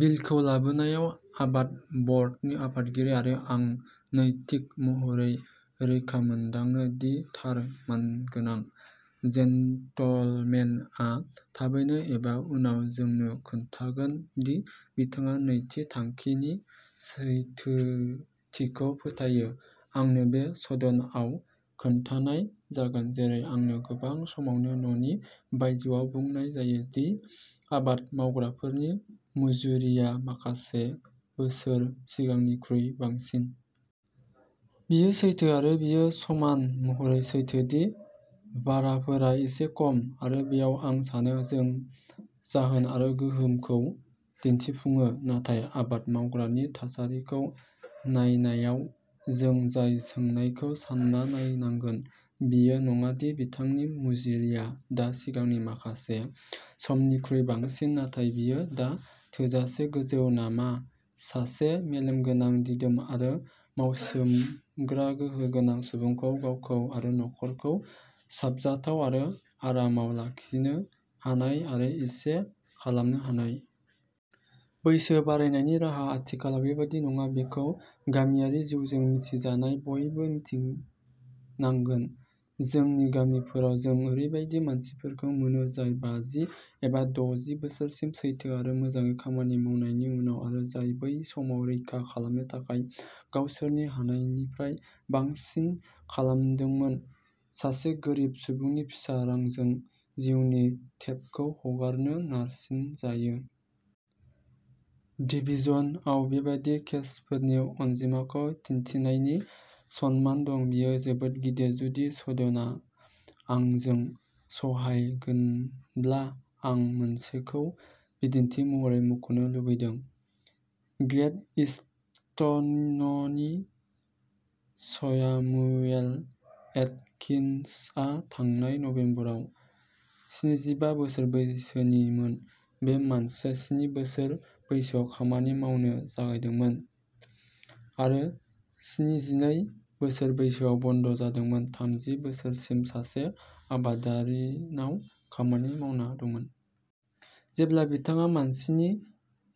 बिलखौ लाबोनायआव आबाद बर्डनि आफादगिरि आरो आं नैतिक महरै रोखा मोनदाङो दि थार मानगोनां। जेन्टलमेन आ थाबैनो एबा उनाव जोंनो खोन्थागोन दि बिथाङा नैथि थांखि नि सैथोथिखौ फोथायो। आंनो बे सदन आव खोन्थानाय जागोन, जेरै आंनो गोबां समावनो न'नि बायजोआव बुंनाय जायो, दि आबाद मावग्राफोरनि मुजुरिया माखासे बोसोर सिगांनिख्रुइ बांसिन। बेयो सैथो आरो बेयो समान महरै सैथो दि भाराफोरा एसे खम आरो बेयाव, आं सानो, जों जाहोन आरो गोहोमखौ दिन्थिफुङो। नाथाय आबाद मावग्रा नि थासारिखौ नायनायाव जों जाय सोंनायखौ सान्ना नायनांगोन, बेयो नङा दि बिथांनि मुजुरिया दा सिगांनि माखासे समनिख्रुइ बांसिन, नाथाय बेयो दा थोजासे गोजौ नामा सासे मेलेमगोनां, दिदोम आरो मावसोमग्रा गोहो गोनां सुबुंखौ गावखौ आरो नखरखौ साबजाथाव आरो आरामाव लाखिनो हानाय आरो इसे खालामनो हानाय। बैसो बारायनायनि राहा। आथिखालाव बेबादि नङा बेखौ गामियारि जिउजों मिथिजानाय बयबो मिथिनांगोन। जोंनि गामिफोराव जों ओरैबायदि मानसिफोरखौ मोनो, जाय बाजि एबा दजि बोसोरसिम सैथो आरो मोजाङै खामानि मावनायनि उनाव आरो जाय बै समाव रैखा खालामनो थाखाय गावसोरनि हानायनिफ्राय बांसिन खालामदोंमोन, सासे गोरिब सुबुंनि फिसा रांजों जिउनि टेपखौ हगारनो नारसिनजायो। डिभिजन Iआव बेबादि केसफोरनि अनजिमाखौ दिन्थिनायनि सनमान दं, बेयो जोबोद गिदिर। जुदि सदनआ आंजों सहायगोनब्ला आं मोनसेखौ बिदिन्थि महरै मुंख'नो लुबैदों। ग्रेट ईस्टननि स्यामुएल एटकिन्सआ थांनाय नबेम्बराव स्निजिबा बोसोर बैसोनिमोन। बे मानसिया स्नि बोसोर बैसोआव खामानि मावनो जागायदोंमोन आरो स्निजिनै बोसोर बैसोआव बन्द' जादोंमोन, थामजि बोसोरसिम सासे आबादारिनाव खामानि मावना दंमोन। जेब्ला बिथाङा मानसिनि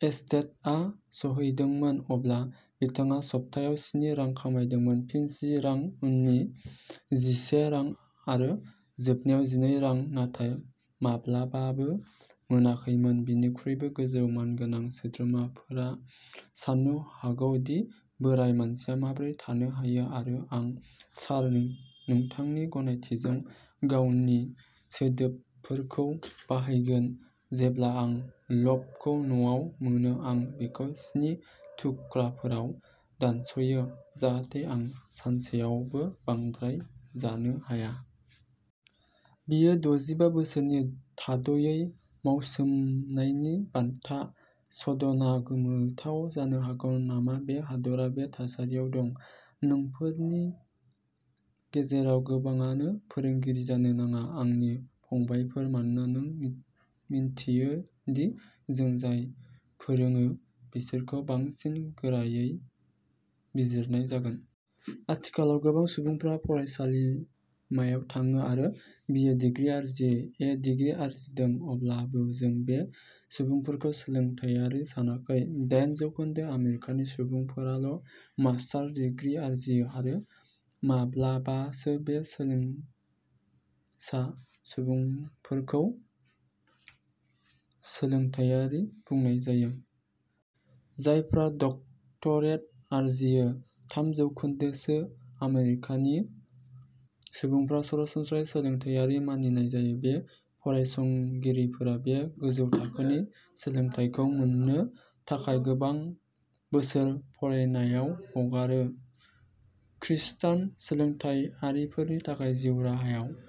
एस्टेटआव सौहैदोंमोन, अब्ला बिथाङा सप्तायाव स्नि रां खामायदोंमोन, फिन जि रां, उननि जिसे रां आरो जोबनायाव जिनै रां, नाथाय माब्लाबाबो मोनाखैमोन। बिनिख्रुइबो गोजौ। मानगोनां सोद्रोमाफोरा साननो हागौ दि बोराइ मानसिया माबोरै थानो हायो आरो आं, सार, नोंथांनि गनायथिजों, गावनि सोदोबफोरखौ बाहायगोन जेब्ला आं ल'फखौ न'आव मोनो आं बेखौ स्नि थुख्राफोराव दानस'यो, जाहाथे आं सानसेआवबो बांद्राय जानो हाया। बेयो दजिबा बोसोरनि थाद'यै मावसोमनायनि बान्था। सदनआ गोमोथाव जानो हागोन नामा बे हादरा बे थासारियाव दं। नोंफोरनि गेजेराव गोबांआनो फोरोंगिरि जानो नाङा, आंनि फंबायफोर, मानोना नों मिन्थियो दि जों जाय फोरोङो बिसोरखौ बांसिन गोरायै बिजिरनाय जागोन।। आथिखालाव गोबां सुबुंफोरा फरायसालिमायाव थाङो आरो बि ए डिग्रि आरजियो। ए डिग्री आरजिदों, अब्लाबो जों बे सुबुंफोरखौ सोलोंथाइआरि सानाखै। दाइन जौखोन्दो आमेरिकानि सुबुंफोराल' मास्टार डिग्री आरजियो आरो माब्लाबासो बे सोलोंसा सुबुंफोरखौ सोलोंथाइआरि बुंनाय जायो। जायफोरा डक्टरेट आरजियो, थाम जौखोन्दोसो आमेरिकानि सुबुंफोरा सरासनस्रायै सोलोंथाइआरि मानिनाय जायो। बे फरायसंगिरिफोरा बे गोजौ थाखोनि सोलोंथाइखौ मोननो थाखाय गोबां बोसोर फरायनायाव हगारो। खृष्टान सोलोंथाइआरिफोरनि थाखाय, जिउ राहायाव।